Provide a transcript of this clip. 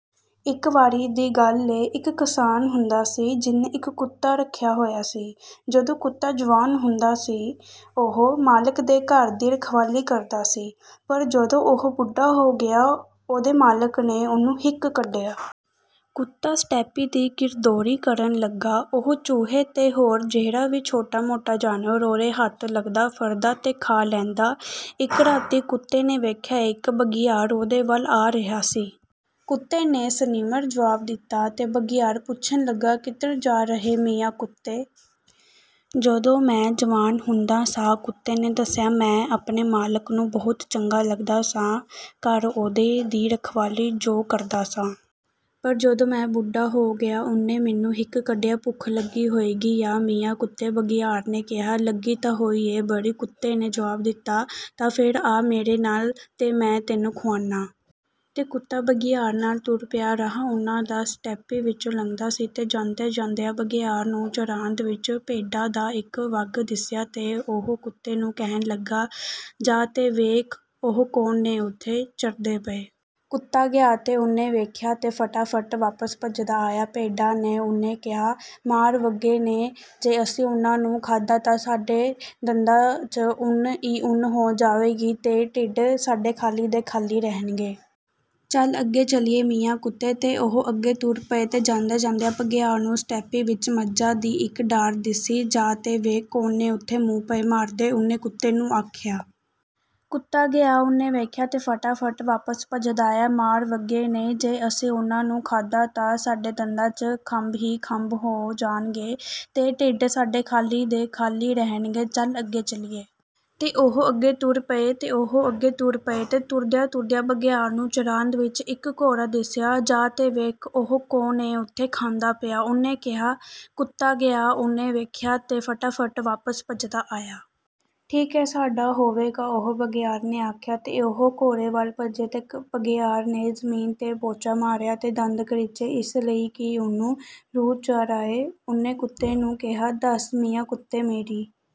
ਇੱਕ ਵਾਰੀ ਦੀ ਗੱਲ ਏ, ਇੱਕ ਕਿਸਾਨ ਹੁੰਦਾ ਸੀ, ਜਿਨ੍ਹੇ ਇੱਕ ਕੁੱਤਾ ਰੱਖਿਆ ਹੋਇਆ ਸੀ। ਜਦੋਂ ਕੁੱਤਾ ਜਵਾਨ ਹੁੰਦਾ ਸੀ, ਉਹ ਮਾਲਕ ਦੇ ਘਰ ਦੀ ਰਖਵਾਲੀ ਕਰਦਾ ਸੀ, ਪਰ ਜਦੋਂ ਉਹ ਬੁੱਢਾ ਹੋ ਗਿਆ, ਉਹਦੇ ਮਾਲਕ ਨੇ ਉਹਨੂੰ ਹਿੱਕ ਕੱਢਿਆ। ਕੁੱਤਾ ਸਤੈਪੀ ਦੀ ਗਿਰਦੌਰੀ ਕਰਨ ਲੱਗਾ। ਉਹ ਚੂਹੇ ਤੇ ਹੋਰ ਜਿਹੜਾ ਵੀ ਛੋਟਾ-ਮੋਟਾ ਜਾਨਵਰ ਉਹਦੇ ਹੱਥ ਲੱਗਦਾ, ਫੜਦਾ ਤੇ ਖਾ ਲੈਂਦਾ। ਇੱਕ ਰਾਤੀਂ ਕੁੱਤੇ ਨੇ ਵੇਖਿਆ, ਇੱਕ ਬਘਿਆੜ ਉਹਦੇ ਵੱਲ ਆ ਰਿਹਾ ਸੀ। ਕੁੱਤੇ ਨੇ ਸਨਿਮਰ ਜਵਾਬ ਦਿੱਤਾ, ਤੇ ਬਘਿਆੜ ਪੁੱਛਣ ਲੱਗਾ, "ਕਿੱਧਰ ਜਾ ਰਿਹੈਂ, ਮੀਆਂ ਕੁੱਤੇ?" “ਜਦੋਂ ਮੈਂ ਜਵਾਨ ਹੁੰਦਾ ਸਾਂ,” ਕੁੱਤੇ ਨੇ ਦੱਸਿਆ, “ਮੈਂ ਆਪਣੇ ਮਾਲਕ ਨੂੰ ਬਹੁਤ ਚੰਗਾ ਲੱਗਦਾ ਸਾਂ, ਘਰ ਉਹਦੇ ਦੀ ਰਖਵਾਲੀ ਜੁ ਕਰਦਾ ਸਾਂ। ਪਰ ਜਦੋਂ ਮੈਂ ਬੁੱਢਾ ਹੋ ਗਿਆ, ਉਹਨੇ ਮੈਨੂੰ ਹਿੱਕ ਕੱਢਿਆ।” "ਭੁੱਖ ਲੱਗੀ ਹੋਈਗੀ ਆ, ਮੀਆਂ ਕੁੱਤੇ,” ਬਘਿਆੜ ਨੇ ਕਿਹਾ। “ਲੱਗੀ ਤਾਂ ਹੋਈ ਏ, ਬੜੀ,” ਕੁੱਤੇ ਨੇ ਜਵਾਬ ਦਿੱਤਾ। “ਤਾਂ ਫੇਰ ਆ ਮੇਰੇ ਨਾਲ, ਤੇ ਮੈਂ ਤੈਨੂੰ ਖੁਆਨਾਂ।” ਤੇ ਕੁੱਤਾ ਬਘਿਆੜ ਨਾਲ ਟੁਰ ਪਿਆ। ਰਾਹ ਉਹਨਾਂ ਦਾ ਸਤੈਪੀ ਵਿਚੋਂ ਲੰਘਦਾ ਸੀ ਤੇ ਜਾਂਦਿਆਂ-ਜਾਂਦਿਆਂ ਬਘਿਆੜ ਨੂੰ ਚਰਾਂਦ ਵਿੱਚ ਭੇਡਾਂ ਦਾ ਇੱਕ ਵੱਗ ਦਿਸਿਆ ਤੇ ਉਹ ਕੁੱਤੇ ਨੂੰ ਕਹਿਣ ਲੱਗਾ, “ਜਾ ਤੇ ਵੇਖ, ਉਹ ਕੌਣ ਨੇ ਓਥੇ, ਚਰਦੇ ਪਏ।” ਕੁੱਤਾ ਗਿਆ ਤੇ ਉਹਨੇ ਵੇਖਿਆ ਤੇ ਫਟਾਫਟ ਵਾਪਸ ਭੱਜਦਾ ਆਇਆ। "ਭੇਡਾਂ ਨੇ,” ਉਹਨੇ ਕਿਹਾ। “ਮਾਰ ਵੱਗੇ ਨੇ! ਜੇ ਅਸੀਂ ਉਹਨਾਂ ਨੂੰ ਖਾਧਾ, ਤਾਂ ਸਾਡੇ ਦੰਦਾਂ ’ਚ ਉੱਨ ਈ ਉੱਨ ਹੋ ਜਾਏਗੀ, ਤੇ ਢਿੱਡ ਸਾਡੇ ਖਾਲੀ ਦੇ ਖਾਲੀ ਰਹਿਣਗੇ। ਚਲ ਅੱਗੇ ਚਲੀਏ, ਮੀਆਂ ਕੁੱਤੇ!"ਤੇ ਉਹ ਅੱਗੇ ਟੁਰ ਪਏ, ਤੇ ਜਾਂਦਿਆਂ-ਜਾਂਦਿਆਂ ਬਘਿਆੜ ਨੂੰ ਸਤੈਪੀ ਵਿਚ ਮੱਝਾਂ ਦੀ ਇੱਕ ਡਾਰ ਦਿੱਸੀ। "ਜਾ ਤੇ ਵੇਖ, ਕੌਣ ਨੇ ਓਥੇ, ਮੂੰਹ ਪਏ ਮਾਰਦੇ,” ਉਹਨੇ ਕੁੱਤੇ ਨੂੰ ਆਖਿਆ। ਕੁੱਤਾ ਗਿਆ, ਉਹਨੇ ਵੇਖਿਆ ਤੇ ਫਟਾਫਟ ਵਾਪਸ ਭੱਜਦਾ ਆਇਆ।"ਮਾਰ ਵੱਗੇ ਨੇ! ਜੇ ਅਸੀਂ ਉਹਨਾਂ ਨੂੰ ਖਾਧਾ, ਤਾਂ ਸਾਡੇ ਦੰਦਾਂ ’ਚ ਖੰਭ ਈ ਖੰਭ ਹੋ ਜਾਣਗੇ, ਤੇ ਢਿੱਡ ਸਾਡੇ ਖਾਲੀ ਦੇ ਖਾਲੀ ਰਹਿਣਗੇ। ਚਲ ਅੱਗੇ ਚਲੀਏ!" ਤੇ ਉਹ ਅਗੇ ਟੁਰ ਪਏ, ਤੇ ਉਹ ਅੱਗੇ ਟੁਰ ਪਏ, ਤੇ ਟੁਰਦਿਆਂ-ਟੁਰਦਿਆਂ ਬਘਿਆੜ ਨੂੰ ਚਰਾਂਦ ਵਿੱਚ ਇੱਕ ਘੋੜਾ ਦਿਸਿਆ। “ਜਾ ਤੇ ਵੇਖ, ਉਹ ਕੌਣ ਏ ਓਥੇ, ਖਾਂਦਾ ਪਿਆ,” ਉਹਨੇ ਕਿਹਾ। ਕੁੱਤਾ ਗਿਆ, ਉਹਨੇ ਵੇਖਿਆ ਤੇ ਫਟਾਫਟ ਵਾਪਸ ਭਜਦਾ ਆਇਆ। “ਠੀਕ ਏ, ਸਾਡਾ ਹੋਏਗਾ ਉਹ!” ਬਘਿਆੜ ਨੇ ਆਖਿਆ। ਤੇ ਉਹ ਘੋੜੇ ਵੱਲ ਭੱਜੇ, ਤੇ ਬਘਿਆੜ ਨੇ ਜ਼ਮੀਨ ’ਤੇ ਪੌਂਚਾ ਮਾਰਿਆ ਤੇ ਦੰਦ ਕਰੀਚੇ, ਇਸ ਲਈ ਕਿ ਉਹਨੂੰ ਰੋਹ ਚੜ੍ਹ ਆਏ। ਉਹਨੇ ਕੁੱਤੇ ਨੂੰ ਕਿਹਾ, "ਦੱਸ, ਮੀਆਂ ਕੁੱਤੇ, ਮੇਰੀ